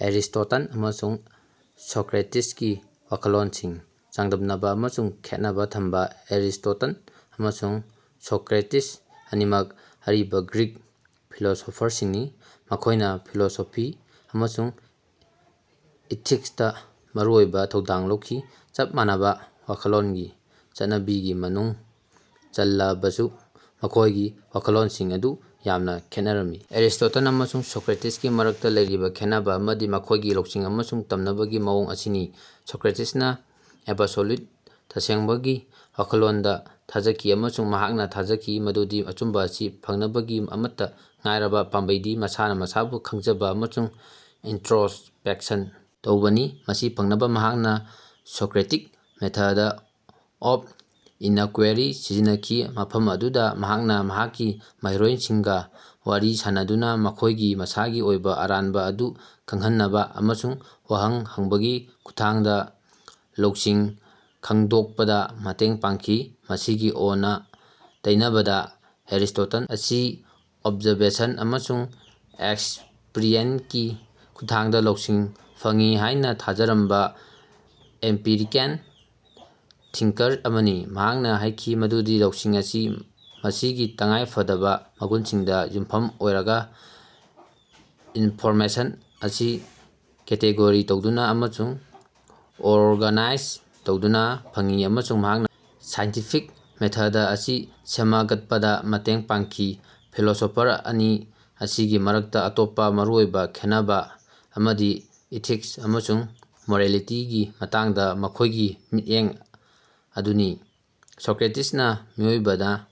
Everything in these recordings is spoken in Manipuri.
ꯑꯦꯔꯤꯁ꯭ꯇꯣꯇꯜ ꯑꯃꯁꯨꯡ ꯁꯣꯀ꯭ꯔꯦꯇꯤꯁꯀꯤ ꯋꯥꯈꯜꯂꯣꯟꯁꯤꯡ ꯆꯥꯡꯗꯝꯅꯕ ꯑꯃꯁꯨꯡ ꯈꯦꯠꯅꯕ ꯊꯝꯕ- ꯑꯦꯔꯤꯁ꯭ꯇꯣꯇꯜ ꯑꯃꯁꯨꯡ ꯁꯣꯀ꯭ꯔꯦꯇꯤꯁ ꯑꯅꯤꯃꯛ ꯑꯔꯤꯕ ꯒ꯭ꯔꯤꯛ ꯐꯤꯂꯣꯁꯣꯐꯔꯁꯤꯡꯅꯤ꯫ ꯃꯈꯣꯏꯅ ꯐꯤꯂꯣꯁꯣꯐꯤ ꯑꯃꯁꯨꯡ ꯏꯊꯤꯛꯁꯇ ꯃꯔꯨꯑꯣꯏꯕ ꯊꯧꯗꯥꯡ ꯂꯧꯈꯤ꯫ ꯆꯞ ꯃꯥꯟꯅꯕ ꯋꯥꯈꯜꯂꯣꯟꯒꯤ ꯆꯠꯅꯕꯤꯒꯤ ꯃꯅꯨꯡ ꯆꯜꯂꯕꯁꯨ ꯃꯈꯣꯏꯒꯤ ꯋꯥꯈꯜꯂꯣꯟꯁꯤꯡ ꯑꯗꯨ ꯌꯥꯝꯅ ꯈꯦꯠꯅꯔꯝꯃꯤ꯫ ꯑꯦꯔꯤꯁ꯭ꯇꯣꯇꯜ ꯑꯃꯁꯨꯡ ꯁꯣꯀ꯭ꯔꯦꯇꯤꯁꯀꯤ ꯃꯔꯛꯇ ꯂꯩꯔꯤꯕ ꯈꯦꯟꯅꯕ ꯑꯃꯗꯤ ꯃꯈꯣꯏꯒꯤ ꯂꯧꯁꯤꯡ ꯑꯃꯁꯨꯡ ꯇꯝꯅꯕꯒꯤ ꯃꯑꯣꯡ ꯑꯁꯤꯅꯤ꯫ ꯁꯣꯀ꯭ꯔꯦꯇꯤꯁꯅ ꯑꯦꯕꯁꯣꯂ꯭ꯌꯨꯠ (ꯇꯁꯦꯡꯕ)ꯒꯤ ꯋꯥꯈꯜꯂꯣꯟꯗ ꯊꯥꯖꯈꯤ ꯑꯃꯁꯨꯡ ꯃꯍꯥꯛꯅ ꯊꯥꯖꯈꯤ ꯃꯗꯨꯗꯤ ꯑꯆꯨꯝꯕ ꯑꯁꯤ ꯐꯪꯅꯕꯒꯤ ꯑꯃꯠꯇ ꯉꯥꯏꯔꯕ ꯄꯥꯝꯕꯩꯗꯤ ꯃꯁꯥꯅ ꯃꯁꯥꯕꯨ ꯈꯪꯖꯕ ꯑꯃꯁꯨꯡ ꯏꯟꯇ꯭ꯔꯣꯁꯄꯦꯛꯁꯟ ꯇꯧꯕꯅꯤ꯫ ꯃꯁꯤ ꯐꯪꯅꯕ ꯃꯍꯥꯛꯅ ꯁꯣꯀ꯭ꯔꯤꯇꯤꯛ ꯃꯦꯊꯗ ꯑꯣꯐ ꯏꯅꯀ꯭ꯋꯦꯔꯤ ꯁꯤꯖꯤꯟꯅꯈꯤ꯫ ꯃꯐꯝ ꯑꯗꯨꯗ ꯃꯍꯥꯛꯅ ꯃꯍꯥꯛꯀꯤ ꯃꯍꯩꯔꯣꯏꯁꯤꯡꯒ ꯋꯥꯔꯤ ꯁꯥꯅꯗꯨꯅ ꯃꯈꯣꯏꯒꯤ ꯃꯁꯥꯒꯤ ꯑꯣꯏꯕ ꯑꯔꯥꯟꯕ ꯑꯗꯨ ꯈꯪꯍꯟꯅꯕ ꯑꯃꯁꯨꯡ ꯋꯥꯍꯪ ꯍꯪꯕꯒꯤ ꯈꯨꯠꯊꯥꯡꯗ ꯂꯧꯁꯤꯡ ꯈꯪꯗꯣꯛꯄꯗ ꯃꯇꯦꯡ ꯄꯥꯡꯈꯤ꯫ ꯃꯁꯤꯒꯤ ꯑꯣꯟꯅ-ꯇꯩꯅꯕꯗ, ꯑꯦꯔꯤꯁ꯭ꯇꯣꯇꯜ ꯑꯁꯤ ꯑꯣꯕꯖꯔꯕꯦꯁꯟ ꯑꯃꯁꯨꯡ ꯑꯦꯛꯁ꯭ꯄꯔꯤꯑꯦꯟꯁꯀꯤ ꯈꯨꯠꯊꯥꯡꯗ ꯂꯧꯁꯤꯡ ꯐꯪꯏ ꯍꯥꯏꯅ ꯊꯥꯖꯔꯝꯕ ꯑꯦꯝꯄꯤꯔꯤꯀꯦꯜ ꯊꯤꯡꯀꯔ ꯑꯃꯅꯤ꯫ ꯃꯍꯥꯛꯅ ꯍꯥꯏꯈꯤ ꯃꯗꯨꯗꯤ ꯂꯧꯁꯤꯡ ꯑꯁꯤ ꯃꯁꯤꯒꯤ ꯇꯉꯥꯏ ꯐꯗꯕ ꯃꯒꯨꯟꯁꯤꯡꯗ ꯌꯨꯝꯐꯝ ꯑꯣꯏꯔꯒ ꯏꯟꯐꯣꯔꯃꯦꯁꯟ ꯑꯁꯤ ꯀꯦꯇꯦꯒꯣꯔꯤ ꯇꯧꯗꯨꯅ ꯑꯃꯁꯨꯡ ꯑꯣꯔꯒꯅꯥꯏꯖ ꯇꯧꯗꯨꯅ ꯐꯪꯏ ꯑꯃꯁꯨꯡ ꯃꯍꯥꯛꯅ ꯁꯥꯏꯟꯇꯤꯐꯤꯛ ꯃꯦꯊꯗ ꯑꯁꯤ ꯁꯦꯃꯒꯠꯄꯗ ꯃꯇꯦꯡ ꯄꯥꯡꯈꯤ꯫ ꯐꯤꯂꯣꯁꯣꯐꯔ ꯑꯅꯤ ꯑꯁꯤꯒꯤ ꯃꯔꯛꯇ ꯑꯇꯣꯞꯄ ꯃꯔꯨꯑꯣꯏꯕ ꯈꯦꯠꯅꯕ ꯑꯃꯗꯤ ꯏꯊꯤꯛꯁ ꯑꯃꯁꯨꯡ ꯃꯣꯔꯦꯜꯂꯤꯇꯤꯒꯤ ꯃꯇꯥꯡꯗ ꯃꯈꯣꯏꯒꯤ ꯃꯤꯠꯌꯦꯡ ꯑꯗꯨꯅꯤ꯫ ꯁꯣꯀ꯭ꯔꯦꯇꯤꯁꯅ ꯃꯤꯑꯣꯏꯕꯅ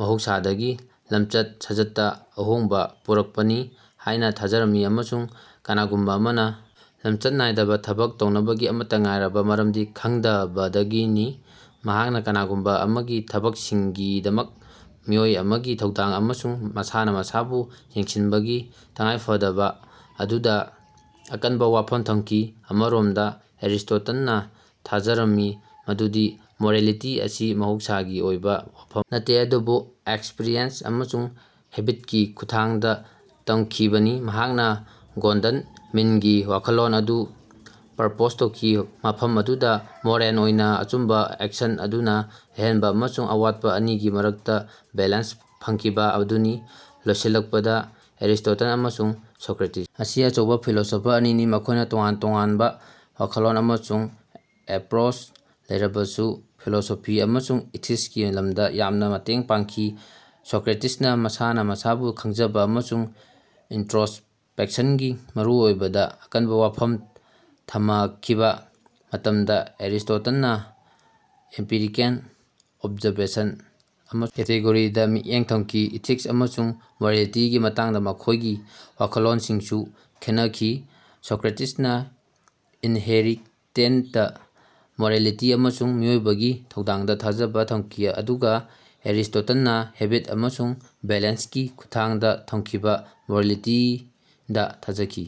ꯃꯍꯧꯁꯥꯗꯒꯤ ꯂꯝꯆꯠ ꯁꯥꯖꯠꯇ ꯑꯍꯣꯡꯕ ꯄꯨꯔꯛꯄꯅꯤ ꯍꯥꯏꯅ ꯊꯥꯖꯔꯝꯃꯤ ꯑꯃꯁꯨꯡ ꯀꯅꯥꯒꯨꯝꯕ ꯑꯃꯅ ꯂꯝꯆꯠ ꯅꯥꯏꯗꯕ ꯊꯕꯛ ꯇꯧꯅꯕꯒꯤ ꯑꯃꯠꯇ ꯉꯥꯏꯔꯕ ꯃꯔꯝꯗꯤ ꯈꯪꯗꯕꯗꯒꯤꯅꯤ꯫ ꯃꯍꯥꯛꯅ ꯀꯅꯥꯒꯨꯝꯕ ꯑꯃꯒꯤ ꯊꯕꯛꯁꯤꯡꯒꯤꯗꯃꯛ ꯃꯤꯑꯣꯏ ꯑꯃꯒꯤ ꯊꯧꯗꯥꯡ ꯑꯃꯁꯨꯡ ꯃꯁꯥꯅ ꯃꯁꯥꯕꯨ ꯌꯦꯡꯁꯤꯟꯕꯒꯤ ꯇꯉꯥꯏꯐꯗꯕ ꯑꯗꯨꯗ ꯑꯀꯟꯕ ꯋꯥꯐꯝ ꯊꯝꯈꯤ꯫ ꯑꯃꯔꯣꯝꯗ, ꯑꯦꯔꯤꯁ꯭ꯇꯣꯇꯜꯅ ꯊꯥꯖꯔꯝꯃꯤ ꯃꯗꯨꯗꯤ ꯃꯣꯔꯦꯜꯂꯤꯇꯤ ꯑꯁꯤ ꯃꯍꯧꯁꯥꯒꯤ ꯑꯣꯏꯕ ꯋꯥꯐꯝ ꯅꯠꯇꯦ ꯑꯗꯨꯕꯨ ꯑꯦꯛꯁ꯭ꯄꯔꯤꯌꯦꯟꯁ ꯑꯃꯁꯨꯡ ꯍꯦꯕꯤꯠꯀꯤ ꯈꯨꯠꯊꯥꯡꯗ ꯇꯝꯈꯤꯕꯅꯤ꯫ ꯃꯍꯥꯛꯅ ꯒꯣꯜꯗꯟ ꯃꯤꯟꯒꯤ ꯋꯥꯈꯜꯂꯣꯟ ꯑꯗꯨ ꯄ꯭ꯔꯄꯣꯖ ꯇꯧꯈꯤ꯫ ꯃꯐꯝ ꯑꯗꯨꯗ ꯃꯣꯔꯦꯜ ꯑꯣꯏꯅ ꯑꯆꯨꯝꯕ ꯑꯦꯛꯁꯟ ꯑꯗꯨꯅ ꯑꯍꯦꯟꯕ ꯑꯃꯁꯨꯡ ꯑꯋꯥꯠꯄ ꯑꯅꯤꯒꯤ ꯃꯔꯛꯇ ꯕꯦꯂꯦꯟꯁ ꯐꯪꯈꯤꯕ ꯑꯗꯨꯅꯤ꯫ ꯂꯣꯏꯁꯤꯜꯂꯛꯄꯗ, ꯑꯦꯔꯤꯁ꯭ꯇꯣꯇꯜ ꯑꯃꯁꯨꯡ ꯁꯣꯀ꯭ꯔꯦꯇꯤꯁ ꯑꯁꯤ ꯑꯆꯧꯕ ꯐꯤꯂꯣꯁꯣꯐꯔ ꯑꯅꯤꯅꯤ꯫ ꯃꯈꯣꯏꯅ ꯇꯣꯉꯥꯟ -ꯇꯣꯉꯥꯟꯕ ꯋꯥꯈꯜꯂꯣꯟ ꯑꯃꯁꯨꯡ ꯑꯦꯄ꯭ꯔꯣꯆ ꯂꯩꯔꯕꯁꯨ ꯐꯤꯂꯣꯁꯣꯐꯤ ꯑꯃꯁꯨꯡ ꯏꯊꯤꯛꯁꯀꯤ ꯂꯝꯗ ꯌꯥꯝꯅ ꯃꯇꯦꯡ ꯄꯥꯡꯈꯤ꯫ ꯁꯣꯀ꯭ꯔꯦꯇꯤꯁꯅ ꯃꯁꯥꯅ ꯃꯁꯥꯕꯨ ꯈꯪꯖꯕ ꯑꯃꯁꯨꯡ ꯏꯟꯇ꯭ꯔꯣꯁꯄꯦꯛꯁꯟꯒꯤ ꯃꯔꯨꯑꯣꯏꯕꯗ ꯑꯀꯟꯕ ꯋꯥꯐꯝ ꯊꯃꯈꯤꯕ ꯃꯇꯝꯗ ꯑꯦꯔꯤꯁ꯭ꯇꯣꯇꯜꯅ ꯑꯦꯝꯄꯤꯔꯤꯀꯦꯜ ꯑꯣꯕꯖꯔꯕꯦꯁꯟ ꯑꯃꯁꯨꯡ ꯀꯦꯇꯦꯒꯣꯔꯤꯗ ꯃꯤꯠꯌꯦꯡ ꯊꯝꯈꯤ꯫ ꯏꯊꯤꯛꯁ ꯑꯃꯁꯨꯡ ꯃꯣꯔꯦꯂꯤꯇꯤꯒꯤ ꯃꯇꯥꯡꯗ ꯃꯈꯣꯏꯒꯤ ꯋꯥꯈꯜꯂꯣꯟꯁꯤꯡꯁꯨ ꯈꯦꯠꯅꯈꯤ꯫ ꯁꯣꯀ꯭ꯔꯦꯇꯤꯁꯅ ꯏꯟꯍꯦꯔꯤꯇꯦꯟꯇ ꯃꯣꯔꯦꯜꯂꯤꯇꯤ ꯑꯃꯁꯨꯡ ꯃꯤꯑꯣꯏꯕꯒꯤ ꯊꯧꯗꯥꯡꯗ ꯊꯥꯖꯕ ꯊꯝꯈꯤ ꯑꯗꯨꯒ ꯑꯦꯔꯤꯁ꯭ꯇꯣꯇꯜꯅ ꯍꯦꯕꯤꯠ ꯑꯃꯁꯨꯡ ꯕꯦꯂꯦꯟꯁꯀꯤ ꯈꯨꯠꯊꯥꯡꯗ ꯇꯝꯈꯤꯕ ꯃꯣꯔꯦꯜꯂꯤꯇꯤꯗ ꯊꯥꯖꯈꯤ꯫